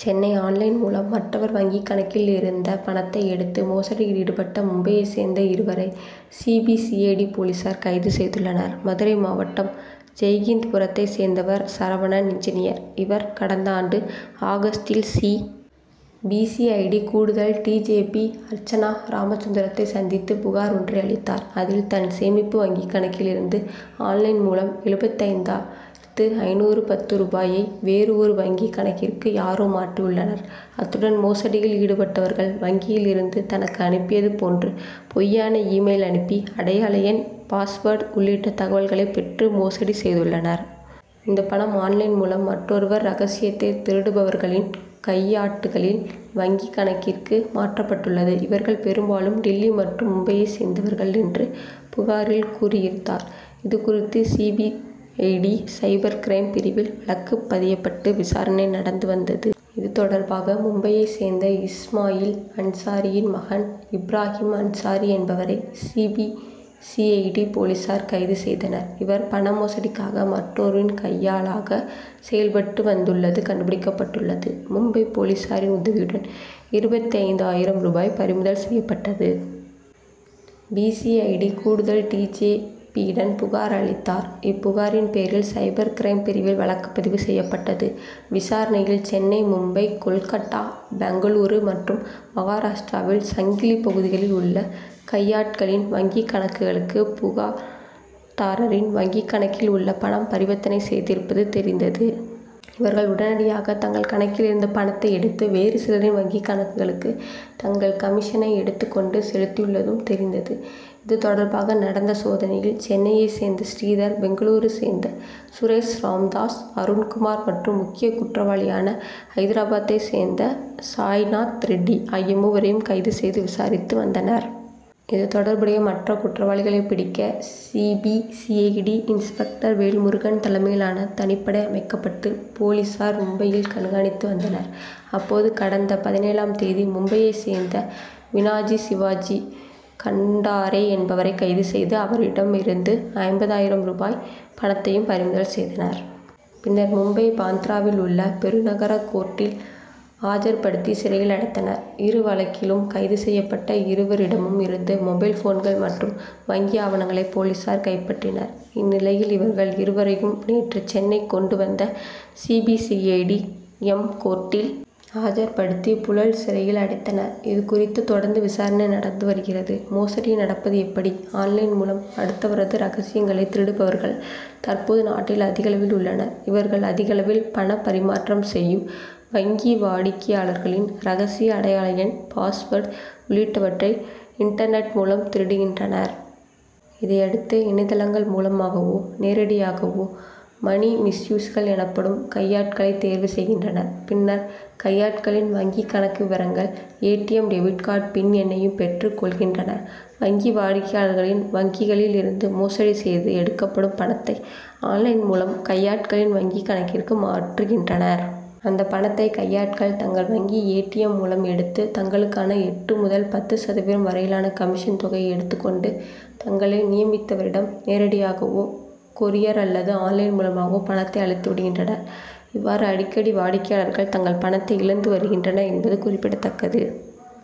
Chennai online மூலம் மற்றவர் வங்கிக் கணக்கில் இருந்த பணத்தை எடுத்து மோசடியில் ஈடுபட்ட மும்பையைச் சேர்ந்த இருவரை, C. B. C. I. D. போலீசார் கைது செய்துள்ளனர். மதுரை மாவட்டம், ஜெய்ஹிந்த்புரத்தைச் சேர்ந்தவர் சரவணன் இன்ஜினியர். இவர், கடந் தாண்டு ஆகஸ்டில் C. B. C. I. D. கூடுதல் டி. ஜி. பி. அர்ச்சனா ராமசுந்தரத்தை சந்தித்து புகார் ஒன்றை அளித்தார். அதில், தன் சேமிப்பு வங்கிக் கணக்கில் இருந்து, ஆன்-லைன் மூலம் எழுபத்தைந்தாயிரத்து ஐநூற்று பத்து ரூபாயை வேறு ஒரு வங்கிக் கணக்கிற்கு யாரோ மாற்றியுள்ளனர். அத்துடன், மோசடியில் ஈடுபட்டவர்கள் வங்கியில் இருந்து தனக்கு அனுப்பியது போன்று பொய்யான இ-மெயில் அனுப்பி, அடையாள எண், பாஸ்வேர்டு உள்ளிட்ட தகவல் களை பெற்று மோசடி செய்துள்ளனர். இந்த பணம் ஆன்-லைன் மூலம் மற்றொருவர் ரகசியங்களை திருடுபவர்களின் கையாட்களின் வங்கிக் கணக்கிற்கு மாற்றப்பட்டுள்ளது. இவர்கள் பெரும் பாலும் டில்லி மற்றும் மும்பையைச் சேர்ந்தவர்கள் என்று புகாரில் கூறியிருந்தார். இதுகுறித்து, C. B. C. I. D. Cyber crime பிரிவில், வழக்கு பதியப்பட்டு விசாரணை நடந்து வந்தது. இது தொடர்பாக, மும்பையைச் சேர்ந்த இஸ்மாயில் அன்சாரியின் மகன் இப்ராகிம் அன்சாரி என்பவரை C. B. C. I. D. போலீசார் கைது செய்தனர். இவர், பண மோசடிக்காக மற்றொருவரின் கையாளாக செயல்பட்டு வந்துள்ளது கண்டுபிடிக்கப்பட்டது. மும்பை போலீசாரின் உதவியுடன், இருபத்தைந்து ஆயிரம் ரூபாயும் பறிமுதல் செய்யப்பட்டது. பி. சி. ஐ. டி.கூடுதல் டி. ஜி. பி.யிடம் புகார் அளித் தார். இப்புகாரின் பேரில் சைபர் கிரைம் பிரிவில் வழக்கு பதிவு செய்யப்பட்டது. விசாரணையில், சென்னை, மும்பை, கோல்கட்டா, பெங்களூரு மற்றும் மகாராஷ்டிராவின் சங்கிலி பகுதிகளில் உள்ள கையாட்களின் வங்கிக் கணக்குகளுக்கு, புகார்தாரரின் வங்கிக்கணக்கில் உள்ள பணம் பரிவர்த்தனை செய்திருப்பது தெரிந்தது. இவர்கள், உடனடியாக தங்கள் கணக்கில் இருந்து பணத்தை எடுத்து வேறு சிலரின் வங்கிக் கணக்குகளுக்கு, தங்கள் கமிஷனை எடுத்துக் கொண்டு செலுத்தியுள்ளதும் தெரிந்தது. இது தொடர்பாக நடந்த சோதனையில், சென்னையைச் சேர்ந்த ஸ்ரீதர், பெங்களூருவைச் சேர்ந்த சுரேஷ் ராம்தாஸ், அருண்குமார் மற்றும் முக்கிய குற்றவாளியான ஐதராபாத்தைச் சேர்ந்த சாய்நாத் ரெட்டி ஆகிய மூவரையும் கைது செய்து விசாரித்து வந்தனர். இதில், தொடர்புடைய மற்ற குற்றவாளிகளை பிடிக்க C. B. C. I. D., inspector Velmurugan தலைமையிலான தனிப்படை அமைக் கப்பட்டு போலீசார் மும்பையில் கண்காணித்து வந்தனர். அப்போது, கடந்த பதினேழாம் தேதி மும்பையைச் சேர்ந்த விநாயக் சிவாஜி கண்டாரே என்பவரை கைது செய்து, அவரிடம் இருந்து ஐம்பதாயிரம் ரூபாய் பணத்தையும் பறிமுதல் செய்தனர். பின்னர், மும்பை, பாந்த்ராவில் உள்ள பெருநகர கோர்ட்டில் ஆஜர்படுத்தி சிறையில் அடைத்தனர். இருவழக்கிலும் கைது செய்யப்பட்ட இருவரிடமும் இருந்து மொபைல் போன்கள் மற்றும் வங்கி ஆவணங்களை போலீசார் கைப்பற்றினர். இந்நிலையில், இவர்கள் இருவரையும் நேற்று சென்னை கொண்டு வந்த சி. பி. சி. ஐ. எம்.கோர்ட்டில் ஆஜர் படுத்தி, புழல் சிறையில் அடைத்தனர். இதுகுறித்து, தொடர்ந்து விசாரணை நடந்து வருகிறது. மோசடி நடப்பது எப்படி? ஆன்-லைன் மூலம் அடுத்தவரது ரகசியங்களை திருடுபவர்கள் தற்போது நாட்டில் அதிகளவில் உள்ளனர். இவர்கள், அதிகளவில் பணப்பரிமாற்றம் செய்யும் வங்கி வாடிக்கையாளர்களின் ரகசிய அடையாள எண், பாஸ் வேர்டு உள்ளிட்டவற்றை இன்டர்நெட் மூலம் திருடுகின்றனர். இதையடுத்து, இணையதளங்கள் மூலமாகவோ, நேரிடையாகவோ மணிமியூல்ஸ்கள் எனப்படும் கையாட்களை தேர்வு செய்கின்றனர். பின்னர் கையாட்களின் வங்கிக் கணக்கு விவரங்கள், A. T. M. Debit card, PIN எண்ணையும் பெற்றுக் கொள்கின்றனர். வங்கி வாடிக்கையாளர்களின் வங்கிகளில் இருந்து மோசடி செய்து எடுக்கப்படும் பணத்தை, ஆன்-லைன் மூலம் கையாட்களின் வங்கிக் கணக்கிற்கு மாற்றுகின்றனர். அந்த பணத்தை கையாட்கள், தங்கள் வங்கி ஏ. டி. எம்., மூலம் எடுத்து தங்களுக்கான எட்டு முதல் பத்து சதவீதம் வரையிலான கமிஷன் தொகையை எடுத்துக் கொண்டு, தங்களை நியமித்தவர்களிடம் நேரிடையாகவோ, கூரியர் அல்லது ஆன்-லைன் மூலமாகவோ பணத்தை அளித்து விடுகின்றனர். இவ்வாறு அடிக்கடி வாடிக்கையாளர்கள் தங்கள் பணத்தை இழந்து வருகின்றனர் என்பது குறிப்பிடத்தக்கது.